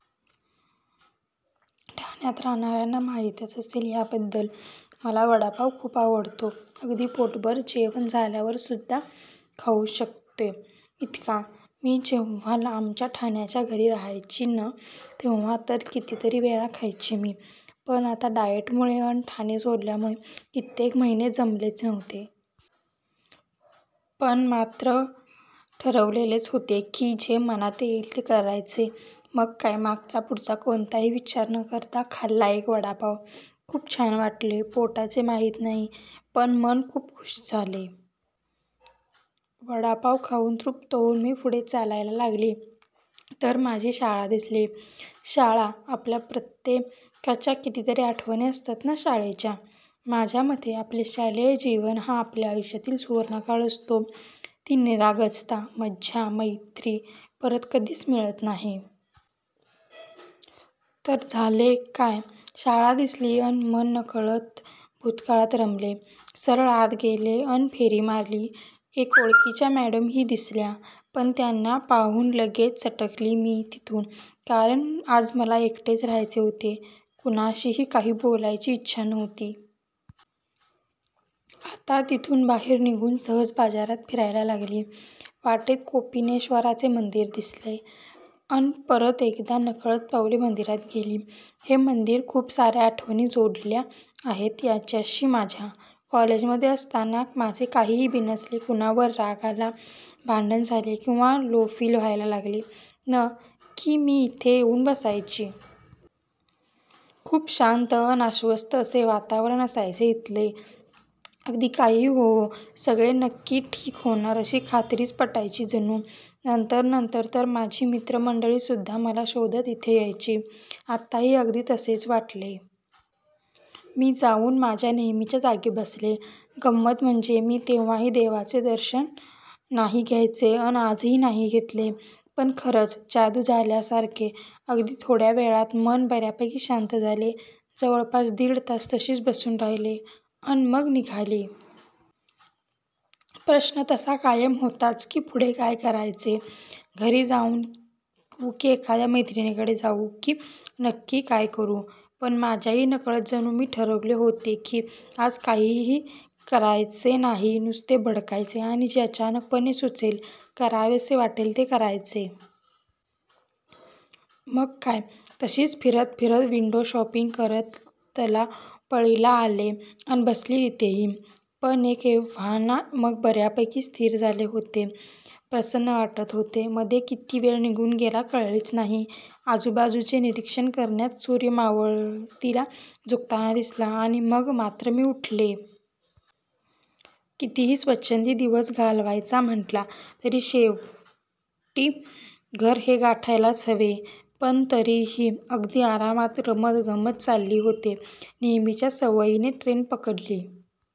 ठाण्यात राहणाऱ्यांना माहीतच असेल याबद्दल. मला वडापाव खूप आवडतो अगदी पोटभर जेवण झाल्यावर सुद्धा खाऊ शकते इतका. मी जेव्हा आमच्या ठाण्याच्या घरी राहायची न तेव्हा तर कितीतरी वेळा खायची मी. पण आता डाएटमुळे अन ठाणे सोडल्यामुळे कित्येक महिने जमलेच नव्हते. पण आज मात्र ठरवलेच होते की जे मनात येईल ते करायचे मग काय मागचा पुढचा कोणताही विचार न करता खाल्ला एक वडापाव, खूप छान वाटले. पोटाचे माहीत नाही पण मन खूप खुश झाले. वडापाव खाऊन तृप्त होऊन मी पुढे चालायला लागली तर माझी शाळा दिसली. शाळा, आपल्या प्रत्येकाच्या कितीतरी आठवणी असतात न शाळेच्या. माझ्यामते आपले शालेय जीवन हा आपल्या आयुष्यातील सुवर्णकाळ असतो. ती निरागसता, मज्जा, मैत्री परत कधीच मिळत नाही. तर, झाले काय शाळा दिसली अन मन नकळत भूतकाळात रमले. सरळ आत गेले अन फेरी मारली. एक ओळखीच्या मॅडम ही दिसल्या पण त्यांना पाहून लगेच सटकली मी तिथून, कारण आज मला एकटेच राहायचे होते, कुणाशीही काही बोलायची इच्छाच नव्हती. आता तिथून बाहेर निघून सहज बाजारात फिरायला लागली, वाटेत कोपिनेश्वराचे मंदिर दिसले अन परत एकदा नकळत पावले मंदिरात गेली. हे मंदिर, खूप साऱ्या आठवणी जोडल्या आहेत याच्याशी माझ्या. कॉलेजमध्ये असताना माझे काहीही बिनसले, कुणावर राग आला, भांडण झाले किंवा लो फील व्हायला लागले न की मी इथे येऊन बसायची. खूप शांत अन आश्वस्त असे वातावरण असायचे इथले. अगदी काहीही होवो सगळे नक्की ठीक होणार अशी खात्रीच पटायची जणू. नंतर नंतर तर माझी मित्रमंडळी सुद्धा मला शोधत इथे यायची. आत्ताही अगदी तसेच वाटले. मी जाऊन माझ्या नेहमीच्या जागी बसले. गंमत म्हणजे मी तेव्हाही देवाचे दर्शन नाही घ्यायचे अन आजही नाही घेतले. पण खरंच जादू झाल्यासारखे अगदी थोड्यावेळात मन बऱ्यापैकी शांत झाले. जवळपास दीड तास तशीच बसून राहिले अन मग निघाली. प्रश्न तसा कायम होताच की पुढे काय करायचे, घरी जाऊ की एखाद्या मैत्रिणीकडे जाऊ की नक्की काय करू. पण माझ्याही नकळत जणू मी ठरवले होते की आज काहीही करायचे नाही नुसते भटकायचे आणि जे अचानकपणे सुचेल, करावेसे वाटेल ते करायचे. मग काय, तशीच फिरत फिरत, विंडो शॉपिंग करत तलावपाळीला आले अन बसली तिथेही. पण एव्हाना मन बऱ्यापैकी स्थिर झाले होते, प्रसन्न वाटत होते. मध्ये किती वेळ गेला कळलेच नाही आजूबाजूचे निरीक्षण करण्यात. सूर्य मावळतीला झुकताना दिसला आणि मग मात्र मी उठले. कितीही स्वच्छंदी दिवस घालवायचा म्हटले तरी दिवसाच्या शेवटी घर हे गाठायलाच हवे. पण तरीही अगदी आरामात रमत गमत चालली होते. नेहमीच्या सवयीने ट्रेन पकडली